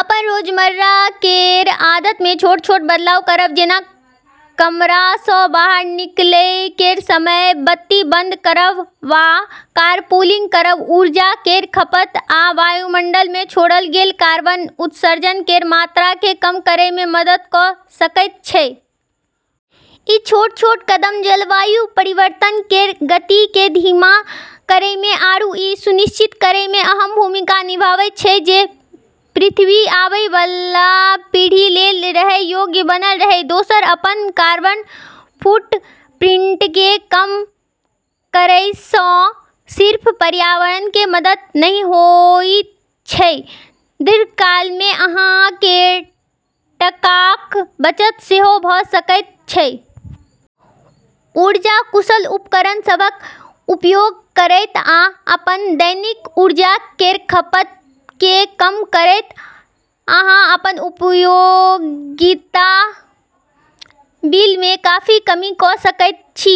अपन रोजमर्रा केर आदतमे छोट-छोट बदलाव करब, जेना कमरासँ बाहर निकलै केर समय बत्ती बंद करब वा कारपूलिंग करब, ऊर्जा केर खपत आ वायुमंडलमे छोड़ल गेल कार्बन उत्सर्जन केर मात्राकेँ कम करैमे मदद कऽ सकैत छै। ई छोट-छोट कदम जलवायु परिवर्तन केर गतिकेँ धीमा करैमे आरू ई सुनिश्चित करैमे अहम भूमिका निभाबैत छै जे पृथ्वी आबैवाला पीढ़ी लेल रहै योग्य बनल रहै। दोसर, अपन कार्बन फुटप्रिंटकेँ कम करैसँ सिर्फ पर्यावरणकेँ मदद नहि होइत छै - दीर्घकालमे अहाँकेँ टकाक बचत सेहो भऽ सकैत छै। ऊर्जा कुशल उपकरण सभक उपयोग करैत आ अपन दैनिक ऊर्जा केर खपतकेँ कम करैत, अहाँ अपन उपयोगिता बिलमे काफी कमी कऽ सकैत छी।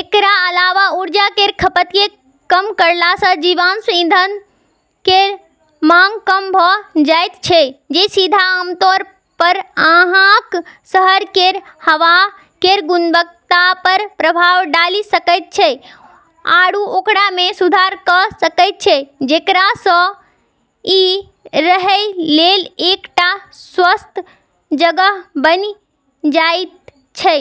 एकरा अलावा ऊर्जा केर खपतकेँ कम करलासँ जीवाश्म ईंधन केर माँग कम भऽ जाइत छै, जे सीधा तौरपर अहाँक शहर केर हवा केर गुणवत्तापर प्रभाव डालि सकैत छै आरू ओकरामे सुधार कऽ सकैत छै, जेकरासँ ई रहै लेल एकटा स्वस्थ जगह बनि जाइत छै।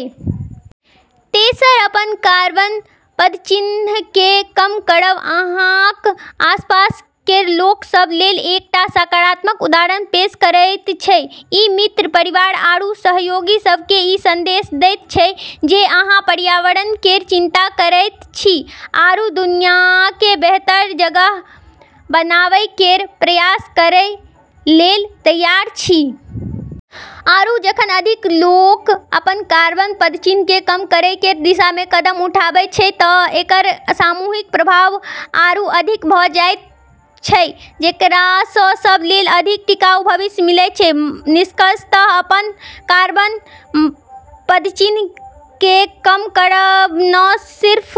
तेसर, अपन कार्बन पदचिह्नकेँ कम करब अहाँक आसपास केर लोक सभ लेल एकटा सकारात्मक उदाहरण पेश करैत छै - ई मित्र, परिवार, आरू सहयोगी सभकेँ ई संदेश दैत छै जे अहाँ पर्यावरण केर चिंता करैत छी आरू दुनियाकेँ बेहतर जगह बनाबै केर प्रयास करै लेल तैयार छी। आरू, जखन अधिक लोक अपन कार्बन पदचिह्नकेँ कम करै केर दिशामे कदम उठाबैत छै, तऽ एकर सामूहिक प्रभाव आरू अधिक भऽ जाइत छै, जेकरासँ सब लेल अधिक टिकाऊ भविष्य मिलैत छै। निष्कर्षतः, अपन कार्बन पदचिह्नकेँ कम करब न सिर्फ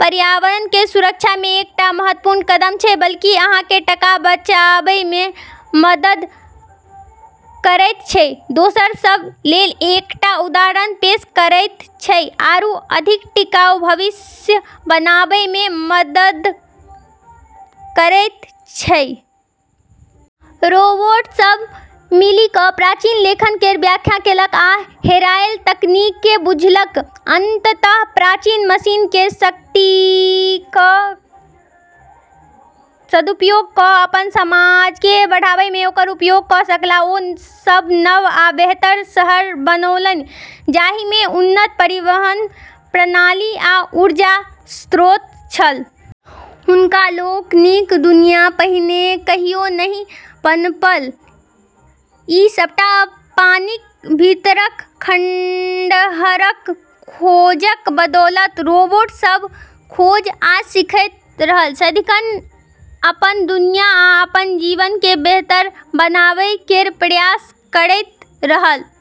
पर्यावरण केर सुरक्षामे एकटा महत्वपूर्ण कदम छै बल्कि अहाँकेँ टका बचाबैमे मदद करैत छै, दोसर सभ लेल एकटा उदाहरण पेश करैत छै आरू अधिक टिकाऊ भविष्य बनाबैमे मदद करैत छै। रोबोट सभ मिलि कऽ प्राचीन लेखन केर व्याख्या केलक आ हेराएल तकनीककेँ बुझलक। अन्ततः प्राचीन मशीन केर शक्तिक सदुपयोग कऽ अपन समाजकेँ बढ़ाबैमे ओकर उपयोग कऽ सकलाह। ओ सब नव आ बेहतर शहर बनौलनि, जाहिमे उन्नत परिवहन प्रणाली आ ऊर्जा स्रोत छल। हुनका लोकनिक दुनिया पहिने कहियो नहि पनपल, ई सबटा पानिक भीतरक खंडहरक खोजक बदौलत। रोबोट सब खोज आ सीखैत रहल, सदिखन अपन दुनिया आ अपन जीवनकेँ बेहतर बनाबै केर प्रयास करैत रहल।